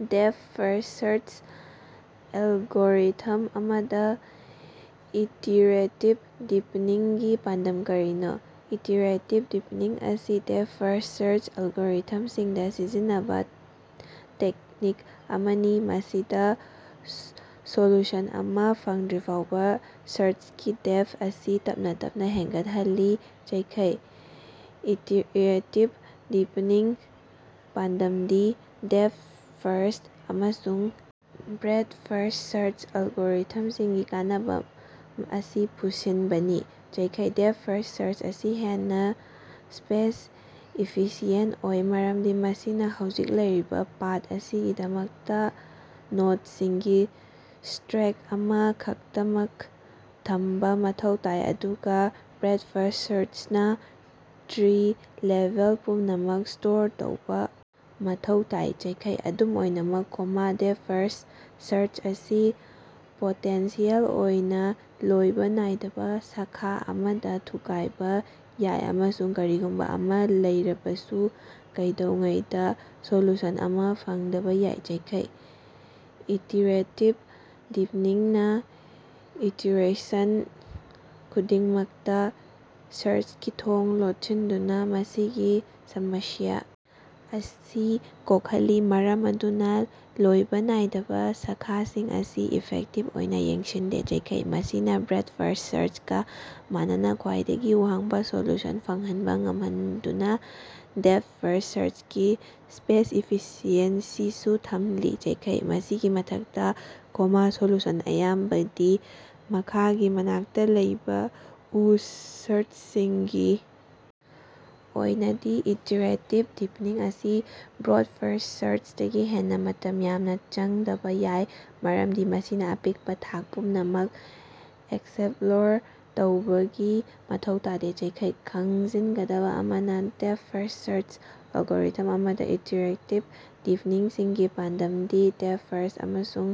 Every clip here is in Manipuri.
ꯗꯦꯞꯊ-ꯐꯔꯁ꯭ꯠ ꯁꯥꯔꯆ ꯑꯦꯜꯒꯣꯔꯤꯊꯝ ꯑꯃꯗ ꯏꯇꯤꯔꯦꯇꯤꯚ ꯗꯤꯄꯅꯤꯡꯒꯤ ꯄꯥꯟꯗꯝ ꯀꯔꯤꯅꯣ? ꯏꯇꯤꯔꯦꯇꯤꯚ ꯗꯤꯄꯅꯤꯡ ꯑꯁꯤ ꯗꯦꯞꯊ-ꯐꯥꯔꯁ꯭ꯠ ꯁꯥꯔꯆ ꯑꯦꯜꯒꯣꯔꯤꯊꯝꯁꯤꯡꯗ ꯁꯤꯖꯤꯟꯅꯕ ꯇꯦꯛꯅꯤꯛ ꯑꯃꯅꯤ ꯃꯁꯤꯗ ꯁꯣꯂꯨꯁꯟ ꯑꯃ ꯐꯪꯗ꯭ꯔꯤꯐꯥꯎꯕ ꯁꯥꯔꯆꯀꯤ ꯗꯦꯞꯊ ꯑꯁꯤ ꯇꯞꯅ ꯇꯞꯅ ꯍꯦꯟꯒꯠꯍꯜꯂꯤ ꯫ ꯏꯇꯤꯔꯦꯇꯤꯚ ꯗꯤꯄꯅꯤꯡꯒꯤ ꯄꯥꯟꯗꯝꯗꯤ ꯗꯦꯞꯊ-ꯐꯥꯔꯁ꯭ꯠ ꯑꯃꯁꯨꯡ ꯕ꯭ꯔꯦꯗ-ꯐꯥꯔꯁ꯭ꯠ ꯁꯥꯔꯆ ꯑꯦꯜꯒꯣꯔꯤꯊꯝꯁꯤꯡꯒꯤ ꯀꯥꯟꯅꯕ ꯝꯑꯁꯤ ꯄꯨꯟꯁꯤꯟꯕꯅꯤ꯫ ꯗꯦꯞꯊ-ꯐꯔꯁ꯭ꯠ ꯁꯥꯔꯆ ꯑꯁꯤ ꯍꯦꯟꯅ ꯁ꯭ꯄꯦꯁ-ꯏꯐꯤꯁꯤꯑꯦꯟꯇ ꯑꯣꯏ ꯃꯔꯝꯗꯤ ꯃꯁꯤꯅ ꯍꯧꯖꯤꯛ ꯂꯩꯔꯤꯕ ꯄꯥꯊ ꯑꯁꯤꯒꯤꯗꯃꯛꯇ ꯅꯣꯗꯁꯤꯡꯒꯤ ꯁ꯭ꯇꯔꯦꯛ ꯑꯃ ꯈꯛꯇꯃꯛ ꯊꯝꯕ ꯃꯊꯧ ꯇꯥꯏ ꯑꯗꯨꯒ ꯕ꯭ꯔꯦꯗ-ꯐꯥꯔꯁ꯭ꯠ ꯁꯥꯔꯆꯅ ꯇ꯭ꯔꯤ ꯂꯦꯚꯦꯜ ꯄꯨꯝꯅꯃꯛ ꯁ꯭ꯇꯣꯔ ꯇꯧꯕ ꯃꯊꯧ ꯇꯥꯏ꯫ ꯑꯗꯨꯝ ꯑꯣꯏꯅꯃꯛ, ꯗꯦꯞꯊ-ꯐꯥꯔꯁ꯭ꯠ ꯁꯥꯔꯆ ꯑꯁꯤ ꯄꯣꯇꯦꯟꯁꯤꯌꯦꯜ ꯑꯣꯏꯅ ꯂꯣꯏꯕ ꯅꯥꯏꯗꯕ ꯁꯥꯈꯥ ꯑꯃꯗ ꯊꯨꯒꯥꯏꯕ ꯌꯥꯏ ꯑꯃꯁꯨꯡ ꯀꯔꯤꯒꯨꯝꯕ ꯑꯃ ꯂꯩꯔꯕꯁꯨ ꯀꯩꯗꯧꯉꯩꯗ ꯁꯣꯂꯨꯁꯟ ꯑꯃ ꯐꯪꯗꯕ ꯌꯥꯏ꯫ ꯏꯇꯤꯔꯦꯇꯤꯚ ꯗꯤꯄꯅꯤꯡꯅ ꯏꯇꯤꯔꯦꯁꯟ ꯈꯨꯗꯤꯡꯃꯛꯇ ꯁꯥꯔꯆꯀꯤ ꯊꯣꯡ ꯂꯣꯠꯁꯤꯟꯗꯨꯅ ꯃꯁꯤꯒꯤ ꯁꯃꯁ꯭ꯌꯥ ꯑꯁꯤ ꯀꯣꯛꯍꯜꯂꯤ, ꯃꯔꯝ ꯑꯗꯨꯅ ꯂꯣꯏꯕ ꯅꯥꯏꯗꯕ ꯁꯥꯈꯥꯁꯤꯡ ꯑꯁꯤ ꯏꯐꯦꯛꯇꯤꯚ ꯑꯣꯏꯅ ꯌꯦꯡꯁꯤꯟꯗꯦ꯫ ꯃꯁꯤꯅꯥ ꯕ꯭ꯔꯦꯗ-ꯐꯥꯔꯁ꯭ꯠ ꯁꯥꯔꯆꯀ ꯃꯥꯟꯅꯅ ꯈ꯭ꯋꯥꯏꯗꯒꯤ ꯋꯥꯡꯕ ꯁꯣꯂꯨꯁꯟ ꯐꯪꯍꯟꯕ ꯉꯝꯍꯟꯗꯨꯅ ꯗꯦꯞꯊ-ꯐꯥꯔꯁ꯭ꯠ ꯁꯥꯔꯆꯀꯤ ꯁ꯭ꯄꯦꯁ-ꯏꯐꯤꯁꯤꯑꯦꯟꯁꯤꯁꯨ ꯊꯝꯂꯤ꯫ ꯃꯁꯤꯒꯤ ꯃꯊꯛꯇ, ꯁꯣꯂꯨꯁꯟ ꯑꯌꯥꯝꯕꯗꯤ ꯃꯈꯥꯒꯤ ꯃꯅꯥꯛꯇ ꯂꯩꯕ ꯎ ꯁꯥꯔꯆꯁꯤꯡꯒꯤ ꯑꯣꯏꯅꯗꯤ ꯏꯇꯤꯔꯦꯇꯤꯚ ꯗꯤꯄꯅꯤꯡ ꯑꯁꯤ ꯕ꯭ꯔꯣꯗ-ꯐꯔꯁ꯭ꯠ ꯁꯥꯔꯆꯇꯒꯤ ꯍꯦꯟꯅ ꯃꯇꯝ ꯌꯥꯝꯅ ꯆꯪꯗꯕ ꯌꯥꯏ ꯃꯔꯝꯗꯤ ꯃꯁꯤꯅ ꯑꯄꯤꯛꯄ ꯊꯥꯛ ꯄꯨꯝꯅꯃꯛ ꯑꯦꯛꯁꯞꯂꯣꯔ ꯇꯧꯕꯒꯤ ꯃꯊꯧ ꯇꯥꯗꯦ꯫ ꯈꯪꯖꯤꯟꯒꯗꯕ ꯑꯃꯅ ꯗꯦꯞꯊ-ꯐꯥꯔꯁ꯭ꯠ ꯁꯥꯔꯆ ꯑꯦꯜꯒꯣꯔꯤꯊꯝ ꯑꯃꯗ ꯏꯇꯤꯔꯦꯇꯤꯛ ꯗꯤꯄꯅꯤꯡꯒꯤ ꯄꯥꯟꯗꯝꯗꯤ ꯗꯦꯞꯊ-ꯐꯥꯔꯁ꯭ꯠ ꯑꯃꯁꯨꯡ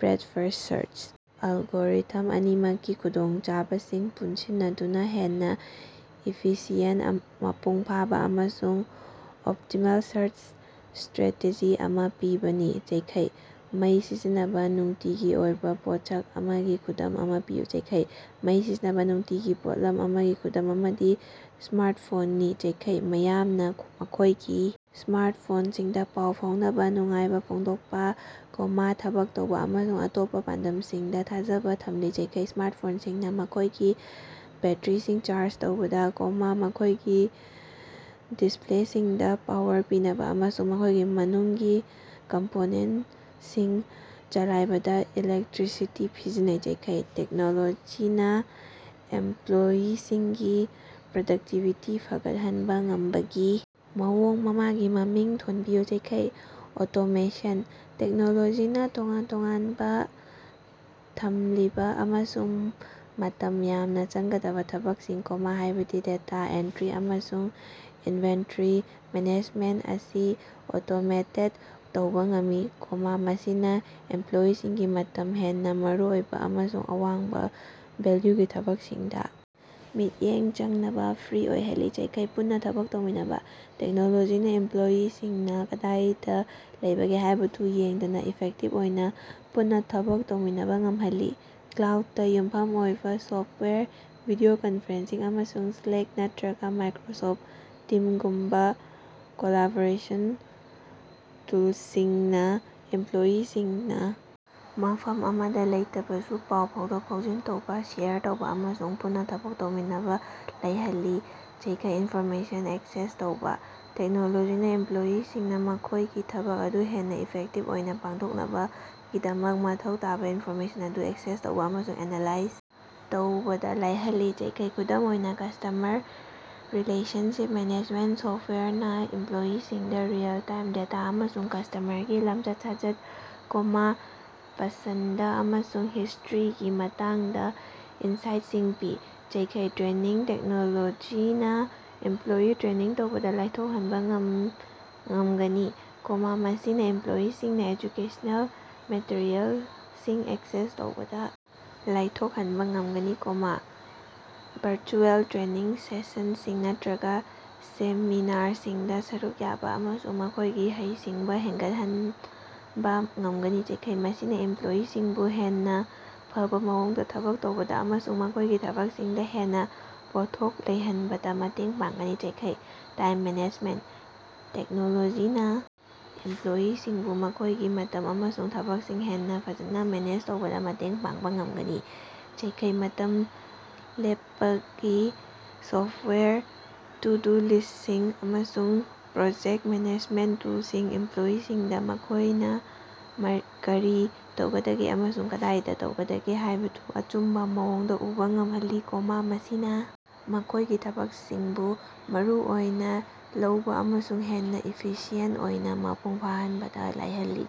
ꯕ꯭ꯔꯦꯗ-ꯐꯥꯔꯁ꯭ꯠ ꯁꯥꯔꯆ ꯑꯦꯜꯒꯣꯔꯤꯊꯝ ꯑꯅꯤꯃꯛꯀꯤ ꯈꯨꯗꯣꯡꯆꯥꯕꯁꯤꯡ ꯄꯨꯟꯁꯤꯟꯅꯗꯨꯅ ꯍꯦꯟꯅ ꯏꯐꯤꯁꯤꯌꯦꯟꯇ, ꯃꯄꯨꯡ ꯐꯥꯕ ꯑꯃꯁꯨꯡ ꯑꯣꯞꯇꯤꯃꯦꯜ ꯁꯥꯔꯆ ꯁ꯭ꯇꯔꯦꯇꯦꯖꯤ ꯑꯃ ꯄꯤꯕꯅꯤ꯫ ꯃꯩ ꯁꯤꯖꯤꯟꯅꯕ ꯅꯨꯡꯇꯤꯒꯤ ꯑꯣꯏꯕ ꯄꯣꯠꯁꯛ ꯑꯃꯒꯤ ꯈꯨꯗꯝ ꯑꯃ ꯄꯤꯌꯨ꯫ ꯃꯩ ꯁꯤꯖꯤꯟꯅꯕ ꯅꯨꯡꯇꯤꯒꯤ ꯄꯣꯠꯂꯝ ꯑꯃꯒꯤ ꯈꯨꯗꯝ ꯑꯃꯗꯤ ꯁ꯭ꯃꯥꯔꯠꯐꯣꯟꯅꯤ꯫ ꯃꯤꯌꯥꯝꯅ ꯃꯈꯣꯏꯒꯤ ꯁ꯭ꯃꯥꯔꯠꯐꯣꯟꯁꯤꯡꯗ ꯄꯥꯎ ꯐꯥꯎꯅꯕ, ꯅꯨꯡꯉꯥꯏꯕ ꯐꯣꯡꯗꯣꯛꯄ, ꯊꯕꯛ ꯇꯧꯕ ꯑꯃꯁꯨꯡ ꯑꯇꯣꯞꯄ ꯄꯥꯟꯗꯝꯁꯤꯡꯗ ꯊꯥꯖꯕ ꯊꯝꯂꯤ꯫ ꯁ꯭ꯃꯥꯔꯠꯐꯣꯟꯁꯤꯡꯅ ꯃꯈꯣꯏꯒꯤ ꯕꯦꯠꯇꯔꯤꯁꯤꯡ ꯆꯥꯔꯖ ꯇꯧꯕꯗ, ꯃꯈꯣꯢꯒꯤ ꯗꯤꯁꯄ꯭ꯂꯦꯁꯤꯡꯗ ꯄꯥꯋꯔ ꯄꯤꯅꯕ ꯑꯃꯁꯨꯡ ꯃꯈꯣꯢꯒꯤ ꯃꯅꯨꯡꯒꯤ ꯀꯝꯄꯣꯅꯦꯟꯇꯁꯤꯡ ꯆꯂꯥꯏꯕꯗ ꯏꯂꯦꯛꯇ꯭ꯔꯤꯁꯤꯇꯤ ꯁꯤꯖꯤꯟꯅꯩ꯫ ꯇꯦꯛꯅꯣꯂꯣꯖꯤꯅ ꯑꯦꯝꯄ꯭ꯂꯣꯌꯤꯁꯤꯡꯒꯤ ꯄ꯭ꯔꯗꯛꯇꯤꯕꯤꯇꯤ ꯐꯒꯠꯍꯟꯕ ꯉꯝꯕꯒꯤ ꯃꯑꯣꯡ ꯃꯉꯥꯒꯤ ꯃꯃꯤꯡ ꯊꯣꯟꯕꯤꯌꯨ꯫ ꯑꯣꯇꯣꯃꯦꯁꯟ: ꯇꯦꯛꯅꯣꯂꯣꯖꯤꯅ ꯇꯣꯉꯥꯟ ꯇꯣꯉꯥꯟ-ꯇꯣꯉꯥꯟꯕ ꯇꯝꯊꯤꯕ ꯑꯃꯁꯨꯡ ꯃꯇꯝ ꯌꯥꯝꯅ ꯆꯪꯒꯗꯕ ꯊꯕꯛꯁꯤꯡ, ꯍꯥꯏꯕꯗꯤ ꯗꯦꯇꯥ ꯑꯦꯟꯇ꯭ꯔꯤ ꯑꯃꯁꯨꯡ ꯏꯟꯚꯦꯟꯇꯔꯤ ꯃꯦꯅꯦꯖꯃꯦꯟꯇ ꯑꯁꯤ ꯑꯣꯇꯣꯃꯦꯇꯦꯗ ꯇꯧꯕ ꯉꯝꯃꯤ, ꯃꯁꯤꯅ ꯑꯦꯝꯄ꯭ꯂꯣꯌꯤꯁꯤꯡꯒꯤ ꯃꯇꯝ ꯍꯦꯟꯅ ꯃꯔꯨꯑꯣꯏꯕ ꯑꯃꯁꯨꯡ ꯑꯋꯥꯡꯕ ꯚꯦꯜꯌꯨꯒꯤ ꯊꯕꯛꯁꯤꯡꯗ ꯃꯤꯠꯌꯦꯡ ꯆꯪꯅꯕ ꯐ꯭ꯔꯤ ꯑꯣꯏꯍꯜꯂꯤ꯫ ꯄꯨꯟꯅ ꯊꯕꯛ ꯇꯧꯃꯤꯟꯅꯕ: ꯇꯦꯛꯅꯣꯂꯣꯖꯤꯅ ꯏꯝꯄ꯭ꯂꯣꯌꯤꯁꯤꯡꯅ ꯀꯗꯥꯏꯗ ꯂꯩꯕꯒꯦ ꯍꯥꯏꯕꯗꯨ ꯌꯦꯡꯗꯅ ꯏꯐꯦꯛꯇꯤꯚ ꯑꯣꯏꯕ ꯄꯨꯟꯅ ꯊꯕꯛ ꯇꯧꯃꯤꯟꯅꯕ ꯉꯝꯍꯜꯂꯤ꯫ ꯀ꯭ꯂꯥꯎꯗꯇ ꯌꯨꯝꯐꯝ ꯑꯣꯏꯕ ꯁꯣꯐꯇꯋꯥꯌꯔ, ꯚꯤꯗꯤꯑꯣ ꯀꯟꯐꯔꯦꯟꯁꯤꯡ ꯑꯃꯁꯨꯡ ꯁ꯭ꯂꯦꯛ ꯅꯠꯇ꯭ꯔꯒ ꯃꯥꯏꯀ꯭ꯔꯣꯁꯣꯐꯠ ꯇꯤꯝꯒꯨꯝꯕ ꯀꯣꯂꯥꯕꯣꯔꯦꯁꯟ ꯇꯨꯜꯁꯤꯡꯅ ꯏꯝꯄ꯭ꯂꯣꯌꯤꯁꯤꯡꯅ ꯃꯐꯝ ꯑꯃꯗ ꯂꯩꯇꯕꯁꯨ ꯄꯥꯎ ꯐꯥꯎꯗꯣꯛ-ꯐꯥꯎꯖꯤꯟ ꯇꯧꯕ, ꯁꯦꯌꯔ ꯇꯧꯕ ꯑꯃꯁꯨꯡ ꯄꯨꯟꯅ ꯊꯕꯛ ꯇꯧꯃꯤꯟꯅꯕꯗ ꯂꯥꯏꯍꯜꯂꯤ꯫ ꯏꯟꯐꯣꯔꯃꯦꯁꯟ ꯑꯦꯛꯁꯦꯁ ꯇꯧꯕ: ꯇꯦꯛꯅꯣꯂꯣꯖꯤꯅ ꯏꯝꯄ꯭ꯂꯣꯌꯤꯁꯤꯡꯅ ꯃꯈꯣꯏꯒꯤ ꯊꯕꯛ ꯑꯗꯨ ꯍꯦꯟꯅ ꯏꯐꯦꯛꯇꯤꯚ ꯑꯣꯏꯅ ꯄꯥꯡꯊꯣꯛꯅꯕꯒꯤꯗꯃꯛ ꯃꯊꯧ ꯇꯥꯕ ꯏꯟꯐꯣꯔꯃꯦꯁꯟ ꯑꯗꯨ ꯑꯦꯛꯁꯦꯁ ꯇꯧꯕ ꯑꯃꯁꯨꯡ ꯑꯦꯅꯥꯂꯥꯏꯖ ꯇꯧꯕꯗ ꯂꯥꯏꯍꯜꯂꯤ꯫ ꯈꯨꯗꯝ ꯑꯣꯏꯅ, ꯀꯁꯇꯃꯔ ꯔꯤꯂꯦꯁꯟꯁꯤꯞ ꯃꯦꯅꯦꯖꯃꯦꯟꯇ ꯁꯣꯐꯇꯋꯥꯌꯔꯅ ꯏꯝꯄ꯭ꯂꯣꯌꯤꯁꯤꯡꯗ ꯔꯤꯑꯦꯜ-ꯇꯥꯏꯝ ꯗꯦꯇꯥ ꯑꯃꯁꯨꯡ ꯀꯁꯇꯃꯔꯒꯤ ꯂꯝꯆꯠ-ꯁꯥꯖꯠ, ꯄꯁꯟꯗ ꯑꯃꯁꯨꯡ ꯍꯤꯁꯇ꯭ꯔꯤꯒꯤ ꯃꯇꯥꯡꯗ ꯏꯟꯁꯥꯏꯇꯁꯤꯡ ꯄꯤ꯫ ꯇ꯭ꯔꯦꯅꯤꯡ: ꯇꯦꯛꯅꯣꯂꯣꯖꯤꯅ ꯏꯝꯄ꯭ꯂꯣꯌꯤ ꯇ꯭ꯔꯦꯅꯤꯡ ꯇꯧꯕꯗ ꯂꯥꯏꯊꯣꯛꯍꯟꯕ ꯉꯝꯒꯅꯤ, ꯃꯁꯤꯅ ꯏꯝꯄ꯭ꯂꯣꯌꯤꯁꯤꯡꯅ ꯑꯦꯖꯨꯀꯦꯁꯅꯦꯜ ꯃꯦꯇꯔꯤꯑꯦꯜꯁꯤꯡ ꯑꯦꯛꯁꯦꯁ ꯇꯧꯕꯗ ꯂꯥꯏꯊꯣꯛꯍꯟꯕ ꯉꯝꯒꯅꯤ, ꯚꯔꯆꯨꯑꯦꯜ ꯇ꯭ꯔꯦꯅꯤꯡ ꯁꯦꯁꯟꯁꯤꯡ ꯅꯠꯇ꯭ꯔꯒ ꯁꯦꯃꯤꯅꯥꯔꯁꯤꯡꯗ ꯁꯔꯨꯛ ꯌꯥꯕ ꯑꯃꯁꯨꯡ ꯃꯈꯣꯏꯒꯤ ꯍꯩꯁꯤꯡꯕ ꯍꯦꯅꯒꯠꯍꯟꯕ ꯉꯝꯒꯅꯤ ꯫ ꯃꯁꯤꯅ ꯏꯝꯄ꯭ꯂꯣꯌꯤꯁꯤꯡꯕꯨ ꯍꯦꯟꯅ ꯐꯕ ꯃꯑꯣꯡꯗ ꯊꯕꯛ ꯇꯧꯕꯗ ꯑꯃꯁꯨꯡ ꯃꯈꯣꯢꯒꯤ ꯊꯕꯛꯁꯤꯡꯗ ꯍꯦꯟꯅ ꯄꯣꯠꯊꯣꯛ ꯂꯩꯍꯟꯕꯗ ꯃꯇꯦꯡ ꯄꯥꯡꯒꯅꯤ꯫ ꯇꯥꯏꯝ ꯃꯦꯅꯦꯖꯃꯦꯟꯇ: ꯇꯦꯛꯅꯣꯂꯣꯖꯤꯅ ꯏꯝꯄ꯭ꯂꯣꯌꯤꯁꯤꯡꯕꯨ ꯃꯈꯣꯏꯒꯤ ꯃꯇꯝ ꯑꯃꯁꯨꯡ ꯊꯕꯛꯁꯤꯡ ꯍꯦꯟꯅ ꯐꯖꯅ ꯃꯦꯅꯦꯖ ꯇꯧꯕꯗ ꯃꯇꯦꯡ ꯄꯥꯡꯕ ꯉꯝꯒꯅꯤ꯫ ꯃꯇꯝ ꯂꯦꯞꯄꯒꯤ ꯁꯣꯐꯇꯋꯥꯌꯔ, ꯇꯨ-ꯗꯨ-ꯂꯤꯁ꯭ꯇꯁꯤꯡ ꯑꯃꯁꯨꯡ ꯄ꯭ꯔꯣꯖꯦꯛꯇ ꯃꯦꯅꯦꯖꯃꯦꯟꯇ ꯇꯨꯜꯁꯤꯡꯅ ꯏꯝꯄ꯭ꯂꯣꯌꯤꯁꯤꯡꯗ ꯃꯈꯣꯏꯅ ꯀꯔꯤ ꯇꯧꯒꯗꯒꯦ ꯑꯃꯁꯨꯡ ꯀꯗꯥꯏꯗ ꯇꯧꯒꯗꯒꯦ ꯍꯥꯏꯕꯗꯨ ꯑꯆꯨꯝꯕ ꯃꯑꯣꯡꯗ ꯎꯕ ꯉꯝꯍꯜꯂꯤ, ꯃꯁꯤꯅ ꯃꯈꯣꯏꯒꯤ ꯊꯕꯛꯁꯤꯡꯕꯨ ꯃꯔꯨꯑꯣꯏꯅ ꯂꯧꯕ ꯑꯃꯁꯨꯡ ꯍꯦꯟꯅ ꯏꯐꯤꯁꯤꯑꯦꯟꯇ ꯑꯣꯏꯅ ꯃꯄꯨꯡ ꯐꯥꯍꯟꯕꯗ ꯂꯥꯏꯍꯜꯂꯤ꯫